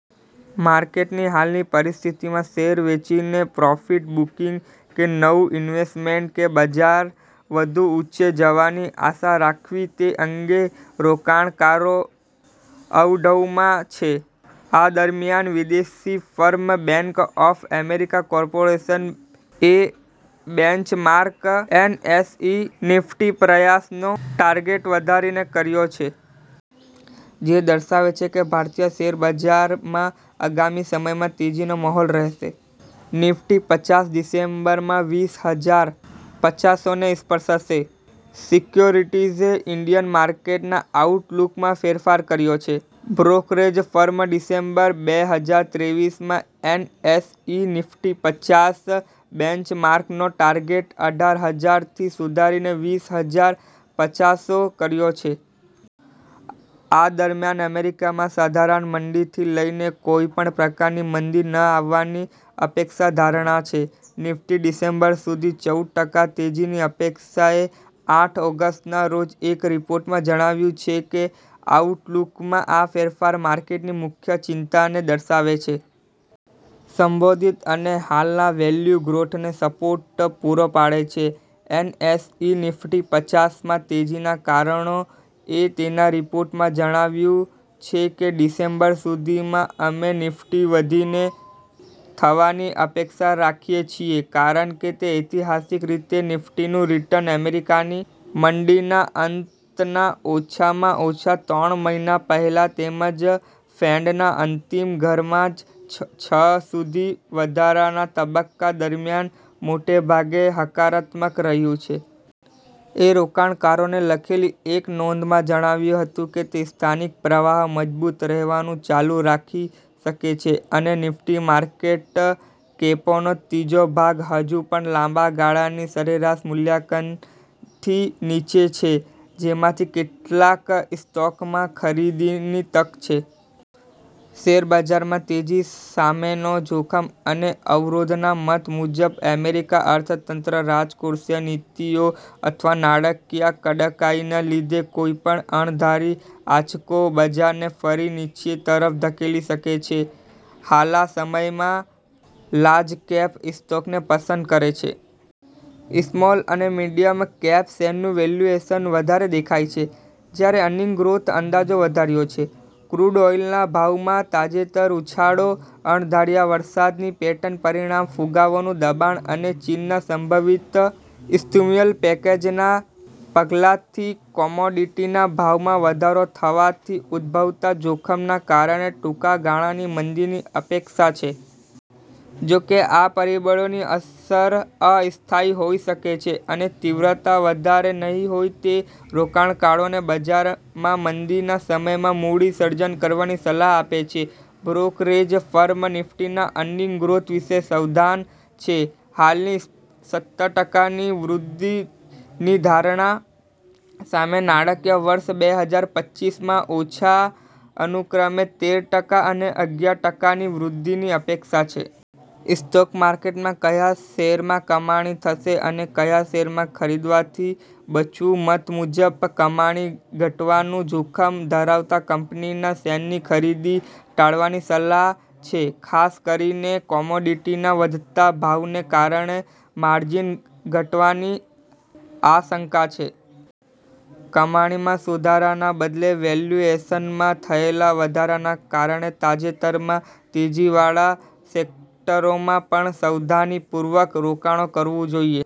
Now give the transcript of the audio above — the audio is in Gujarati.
માર્કેટની હાલની પરિસ્થિતિમાં શેર વેચીને પ્રોફિટ બુકિંગ કે નવું ઇન્વેસ્ટમેન્ટ કે બજાર વધુ ઉંચે જવાની આશા રાખવી તે અંગે રોકાણકારો અવઢવમાં છે. આ દરમિયાન વિદેશી firm bank of America corporation એ બેન્ચમાર્ક એનએસઇ નિફ્ટી પ્રયાસનો ટાર્ગેટ વધારીને કર્યો છે. જે દર્શાવે છે કે, ભારતીય શેરબજારમાં અગામી સમયમાં તેજીનો મોહોલ રહેશે. નિફ્ટી પચાસ ડિસેમ્બરમાં વીશહજાર પચાસોને સ્પર્શશે. સિક્યોરિટીઝે ઇન્ડિયન માર્કેટના આઉટલૂકમાં ફેરફાર કર્યો છે. બ્રોકરેજ ફર્મે ડિસેમ્બર બેહજાર ત્રેવીસમાં એનએસઇ નિફ્ટી પચાસ બેન્ચમાર્કનો ટાર્ગેટ અઢાર હજાર થી સુધારીને વીશહજાર પચાસો કર્યો છે. આ દરમિયાન અમેરિકામાં સાધારણ મંદીથી લઇને કોઈ પણ પ્રકારની મંદી ન આવવાની અપેક્ષા ધારણા છે. નિફ્ટી ડિસેમ્બર સુધી ચૌદ ટકા તેજીની અપેક્ષા એ આઠ ઓગસ્ટના રોજ એક રિપોર્ટમાં જણાવ્યું છે કે, આઉટલૂકમાં આ ફેરફાર માર્કેટની મુખ્ય ચિંતાને દર્શાવે છે. સંબોધિત અને હાલના વેલ્યૂ ગ્રોથને સપોર્ટ પૂરો પાડે છે. એનએસઇ નિફ્ટી-પચાસમાં તેજીના કારણો એ તેના રિપોર્ટમાં જણાવ્યું છે કે, "ડિસેમ્બર સુધીમાં અમે નિફ્ટી વધીને થવાની અપેક્ષા રાખીએ છીએ, કારણ કે, તે ઐતિહાસિક રીતે નિફ્ટીનું રિટર્ન અમેરિકાની મંદીના અંતના ઓછામાં ઓછા ત્રણ મહિના પહેલા તેમજ ફેન્ડના અંતિમ ઘરમાં જ છ છ સુધી વધારાના તબક્કા દરમિયાન મોટે ભાગે હકારાત્મક રહ્યું છે. એ રોકાણકારોને લખેલી એક નોંધમાં જણાવ્યું હતું કે, "તે સ્થાનિક પ્રવાહ મજબૂત રહેવાનું ચાલુ રાખી શકે છે અને નિફ્ટી માર્કેટ કેપનો ત્રીજો ભાગ હજુ પણ લાંબા ગાળાની સરેરાશ મૂલ્યાંકનથી નીચે છે જેમાંથી કેટલાક સ્ટોક્માં ખરીદીની તક છે. " શેરબજારમાં તેજી સામેનો જોખમ અને અવરોધના મત મુજબ, એમેરિકા અર્થતંત્ર, રાજકોર્ષીય નીતિઓ અથવા નાડાકીય કડકાઇના લીધે કોઈપણ અણધારી આંચકો બજારને ફરી નીચે તરફ ધકેલી શકે છે. હાલા સમયમાં લાર્જકેપ ઈસ્ટોક્ને પસંદ કરે છે. ઈસ્મોલ અને મિડિયમ કેપ શેરનું વેલ્યુએશન વધારે દેખાય છે, જ્યારે અર્નિંગ ગ્રોથ અંદાજો વધાર્યો છે. ક્રૂડ ઓઇલના ભાવમાં તાજેતર ઉછાળો, અણધાર્યા વરસાદની પેટર્ન પરિણામ ફુગાવાનું દબાણ અને ચીનના સંભવિત ઈસ્ટિમ્યુઅલ પેકેજના પગલાંથી કોમોડિટીના ભાવમાં વધારો થવાથી ઉદભવતા જોખમના કારણે ટૂંકા ગાળાની મંદીની અપેક્ષા છે. જો કે, આ પરિબળોની અસર અઈસ્થાયી હોઈ શકે છે અને તીવ્રતા વધારે નહીં હોય, તે રોકાણકારોને બજારમાં મંદીના સમયમાં મૂડી સર્જન કરવાની સલાહ આપે છે. બ્રોકરેજ ફર્મ નિફ્ટીના અર્નિંગ ગ્રોથ વિશે સવધાન છે, હાલની સત્તર ટકાની વૃદ્ધિની ધારણા સામે નાડાકીય વર્ષ બેહજાર પચ્ચીસમાં ઓછો અનુક્રમે તેર ટકા અને અગિયાર ટકાની વૃદ્ધિની અપેક્ષા છે. ઈસ્ટોક માર્કેટમાં ક્યા શેરમાં કમાણી થશે અને ક્યા શેરમાં ખરીદવાથી બચવું મત મુજબ કમાણી ઘટવાનું જોખમ ધરાવતા કંપનીના શેરની ખરીદી ટાળવાની સલાહ છે, ખાસ કરીને કોમોડિટીના વધતા ભાવને કારણે માર્જિન ઘટવાની આશંકા છે. કમાણીમાં સુધારાના બદલે વેલ્યુએશનમાં થયેલા વધારાના કારણે તાજેતરમાં તેજીવાળા સેક્ટરોમાં પણ સવધાનીપૂર્વક રોકાણ કરવું જોઈએ.